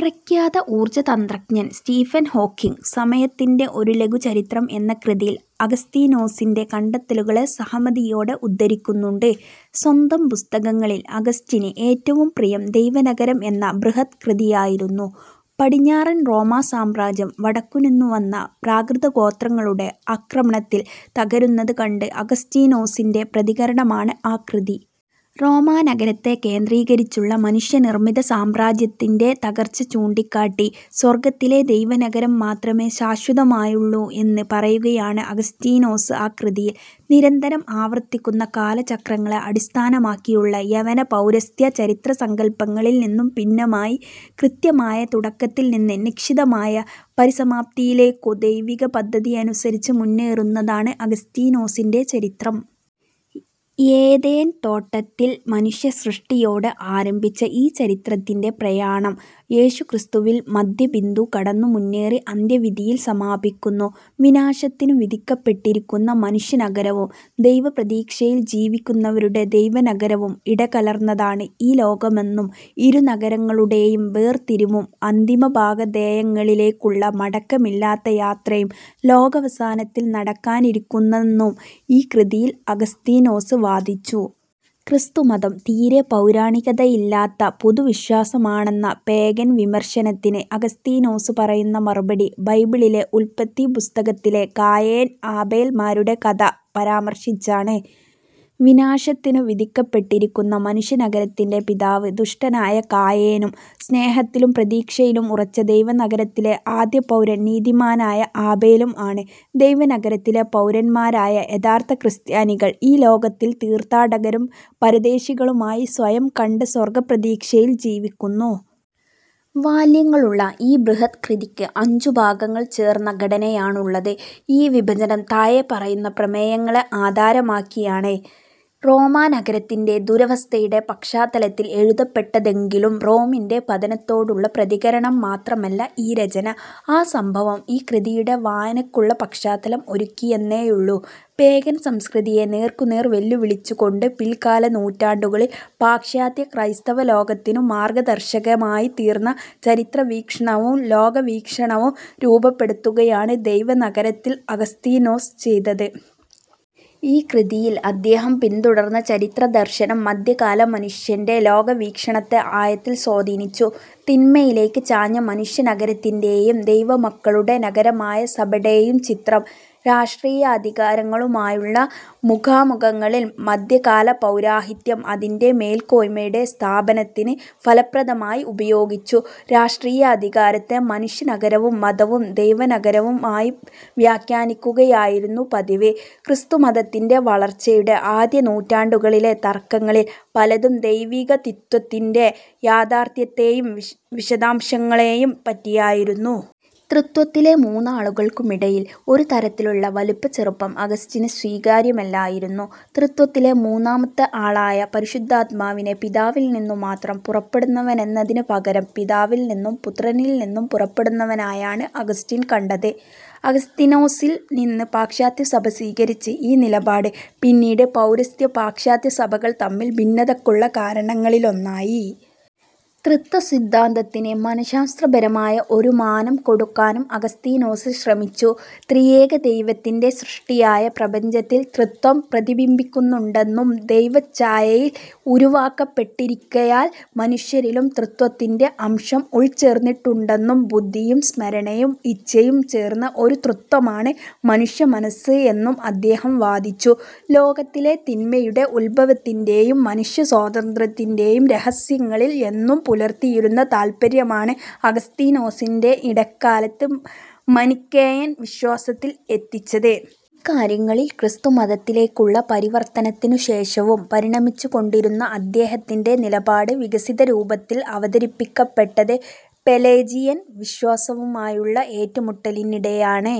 പ്രഖ്യാത ഊർജ്ജതന്ത്രജ്ഞൻ Stephen Hawking, സമയത്തിന്റെ ഒരു ലഘു ചരിത്രം എന്ന കൃതിയിൽ അഗസ്തീനോസിന്റെ കണ്ടെത്തലുകളെ സഹമതിയോടെ ഉദ്ധരിക്കുന്നുണ്ട്. സ്വന്തം പുസ്തകങ്ങളിൽ അഗസ്റ്റിന് ഏറ്റവും പ്രിയം ദൈവനഗരം എന്ന ബൃഹത്കൃതിയായിരുന്നു. പടിഞ്ഞാറൻ റോമാ സാമ്രാജ്യം, വടക്കുനിന്നു വന്ന 'പ്രാകൃതഗോത്രങ്ങളുടെ' ആക്രമണത്തിൽ തകരുന്നത് കണ്ട അഗസ്തീനോസിന്റെ പ്രതികരണമാണ് ആ കൃതി. റോമാനഗരത്തെ കേന്ദ്രീകരിച്ചുള്ള മനുഷ്യനിർമ്മിത സാമ്രാജ്യത്തിന്റെ തകർച്ച ചൂണ്ടിക്കാട്ടി, സ്വർഗ്ഗത്തിലെ ദൈവനഗരം മാത്രമേ ശാശ്വതമായുള്ളു എന്ന് പറയുകയാണ് അഗസ്തീനോസ് ആ കൃതിയിൽ. നിരന്തരം ആവർത്തിക്കുന്ന കാലചക്രങ്ങളെ അടിസ്ഥനമാക്കിയുള്ള യവന, പൗരസ്ത്യ ചരിത്രസങ്കല്പങ്ങളിൽ നിന്നു ഭിന്നമായി, കൃത്യമായ തുടക്കത്തിൽ നിന്ന് നിശ്ചിതമായ പരിസമാപ്തിയിലേയ്ക്കു ദൈവികപദ്ധതിയനുസരിച്ച് മുന്നേറുന്നതാണ് അഗസ്തീനോസിന്റെ ചരിത്രം. ഏദേൻ തോട്ടത്തിൽ മനുഷ്യസൃഷ്ടിയോടെ ആരംഭിച്ച ഈ ചരിത്രത്തിന്റെ പ്രയാണം യേശുക്രിസ്തുവിൽ മദ്ധ്യബിന്ദു കടന്നു മുന്നേറി അന്ത്യവിധിയിൽ സമാപിക്കുന്നു. വിനാശത്തിനു വിധിക്കപ്പെട്ടിരിക്കുന്ന മനുഷ്യനഗരവും, ദൈവപ്രതീക്ഷയിൽ ജീവിക്കുന്നവരുടെ ദൈവനഗരവും ഇടകലർന്നതാണ് ഈ ലോകമെന്നും ഇരുനഗരങ്ങളുടേയും വേർതിരിവും അന്തിമഭാഗധേയങ്ങളിലേയ്ക്കുള്ള മടക്കമില്ലാത്ത യാത്രയും ലോകാവസാനത്തിൽ നടക്കാനിരിക്കുന്നെന്നും ഈ കൃതിയിൽ അഗസ്തീനോസ് വാദിച്ചു. ക്രിസ്തുമതം തീരെ പൗരാണികതയില്ലാത്ത പുതുവിശ്വാസമാണെന്ന 'പേഗൻ' വിമർശനത്തിന് അഗസ്തീനോസ് പറയുന്ന മറുപടി ബൈബിളിലെ ഉല്പത്തി പുസ്തകത്തിലെ കായേൻ ആബേൽ-മാരുടെ കഥ പരാമർശിച്ചാണ്. വിനാശത്തിനു വിധിക്കപ്പെട്ടിരിക്കുന്ന മനുഷ്യനഗരത്തിന്റെ പിതാവ് ദുഷ്ടനായ കായേനും സ്നേഹത്തിലും പ്രതീക്ഷയിലും ഉറച്ച ദൈവനഗരത്തിലെ ആദ്യപൗരൻ നീതിമാനായ ആബേലും ആണ്. ദൈവനഗരത്തിലെ പൗരന്മാരായ യഥാർത്ഥ ക്രിസ്ത്യാനികൾ ഈ ലോകത്തിൽ തീർത്ഥാടകരും പരദേശികളുമായി സ്വയം കണ്ട് സ്വർഗ്ഗപ്രതീക്ഷയിൽ ജീവിക്കുന്നു. വാല്യങ്ങളുള്ള ഈ ബൃഹദ്കൃതിയ്ക്ക് അഞ്ചു ഭാഗങ്ങൾ ചേർന്ന ഘടനയാണുള്ളത്. ഈ വിഭജനം താഴെപ്പറയുന്ന പ്രമേയങ്ങളെ ആധാരമാക്കിയാണ്: റോമാനഗരത്തിന്റെ ദുരവസ്ഥയുടെ പശ്ചാത്തലത്തിൽ എഴുതപ്പെട്ടതെങ്കിലും റോമിന്റെ പതനത്തോടുള്ള പ്രതികരണം മാത്രമല്ല ഈ രചന. ആ സംഭവം ഈ കൃതിയുടെ വായനയ്ക്കുള്ള പശ്ചത്താലം ഒരുക്കിയെന്നേയുള്ളു. പേഗൻ സംസ്കൃതിയെ നേർക്കുനേർ വെല്ലുവിളിച്ചുകൊണ്ട്, പിൽക്കാലനൂറ്റാണ്ടുകളിൽ പാശ്ചാത്യക്രൈസ്തവലോകത്തിനു മാർഗ്ഗദർശകമായിത്തീർന്ന ചരിത്രവീക്ഷണവും ലോകവീക്ഷണവും രൂപപ്പെടുത്തുകയാണ് ദൈവനഗരത്തിൽ അഗസ്തീനൊസ് ചെയ്തത്. ഈ കൃതിയിൽ അദ്ദേഹം പിന്തുടർന്ന ചരിത്രദർശനം, മദ്ധ്യകാലമനുഷ്യന്റെ ലോകവീക്ഷണത്തെ ആഴത്തിൽ സ്വാധീനിച്ചു. തിന്മയിലേയ്ക്ക് ചാഞ്ഞ മനുഷ്യനഗരത്തിന്റേയും ദൈവമക്കളുടെ നഗരമായ സഭടേയും ചിത്രം, രാഷ്ടീയാധികാരങ്ങളുമായുള്ള മുഖാമുഖങ്ങളിൽ മദ്ധ്യകാലപൗരോഹിത്യം അതിന്റെ മേൽക്കോയ്മയുടെ സ്ഥാപനത്തിന് ഫലപ്രദമായി ഉപയോഗിച്ചു. രാഷ്ടീയാധികാരത്തെ മനുഷ്യനഗരവും മതത്തെ ദൈവനഗരവും ആയി വ്യാഖ്യാനിക്കുകയായിരുന്നു പതിവ്. ക്രിസ്തുമതത്തിന്റെ വളർച്ചയുടെ ആദ്യനൂറ്റാണ്ടുകളിലെ തർക്കങ്ങളിൽ പലതും ദൈവികത്രിത്വത്തിന്റെ യാഥാർത്ഥ്യത്തേയും വിശദാംശങ്ങളേയും പറ്റിയായിരുന്നു. ത്രിത്വത്തിലെ മൂന്നാളുകൾക്കുമിടയിൽ ഒരുതരത്തിലുമുള്ള വലിപ്പച്ചെറുപ്പം അഗസ്റ്റിന് സ്വീകാര്യമല്ലായിരുന്നു. ത്രിത്വത്തിലെ മൂന്നാമത്തെ ആളായ പരിശുദ്ധാത്മാവിനെ പിതാവിൽ നിന്നു മാത്രം പുറപ്പെടുന്നവനെന്നതിന് പകരം പിതാവിൽ നിന്നും പുത്രനിൽ നിന്നും പുറപ്പെടുന്നവനായാണ് അഗസ്റ്റിൻ കണ്ടത്. അഗസ്തീനോസിൽ നിന്ന് പാശ്ചാത്യസഭ സ്വീകരിച്ച് ഈ നിലപാട്, പിന്നീട് പൗരസ്ത്യ-പാശ്ചാത്യസഭകൾ തമ്മിൽ ഭിന്നതക്കുള്ള കാരണങ്ങളിലൊന്നായി. ത്രിത്വസിദ്ധാന്തത്തിന് മനശാസ്ത്രപരമായ ഒരു മാനം കൊടുക്കാനും അഗസ്തീനോസ് ശ്രമിച്ചു. ത്രിയേകദൈവത്തിന്റെ സൃഷ്ടിയായ പ്രപഞ്ചത്തിൽ ത്രിത്വം പ്രതിബിംബിക്കുന്നുണ്ടെന്നും ദൈവഛായയിൽ ഉരുവാക്കപ്പെട്ടിരിക്കയാൽ മനുഷ്യരിലും ത്രിത്വത്തിന്റെ അംശം ഉൾച്ചേർന്നിട്ടുണ്ടെന്നും ബുദ്ധിയും സ്മരണയും ഇച്ഛയും ചേർന്ന ഒരു ത്രിത്വമാണ് മനുഷ്യമനസ്സ് എന്നും അദ്ദേഹം വാദിച്ചു. ലോകത്തിലെ തിന്മയുടെ ഉത്ഭവത്തിന്റേയും മനുഷ്യസ്വാതന്ത്ര്യത്തിന്റേയും രഹസ്യങ്ങളിൽ എന്നും പുലർത്തിയിരുന്ന താത്പര്യമാണ് അഗസ്തീനോസിനെ ഇടക്കാലത്ത് മനിക്കേയൻ വിശ്വാസത്തിൽ എത്തിച്ചത്. ഇക്കാര്യങ്ങളിൽ, ക്രിസ്തുമതത്തിലേയ്ക്കുള്ള പരിവർത്തനത്തിനു ശേഷവും പരിണമിച്ചുകൊണ്ടിരുന്ന അദ്ദേഹത്തിന്റെ നിലപാട്, വികസിതരൂപത്തിൽ അവതരിപ്പിക്കപ്പെട്ടത് പെലേജിയൻ വിശ്വാസവുമായുള്ള ഏറ്റുമുട്ടലിനിടെയാണ്.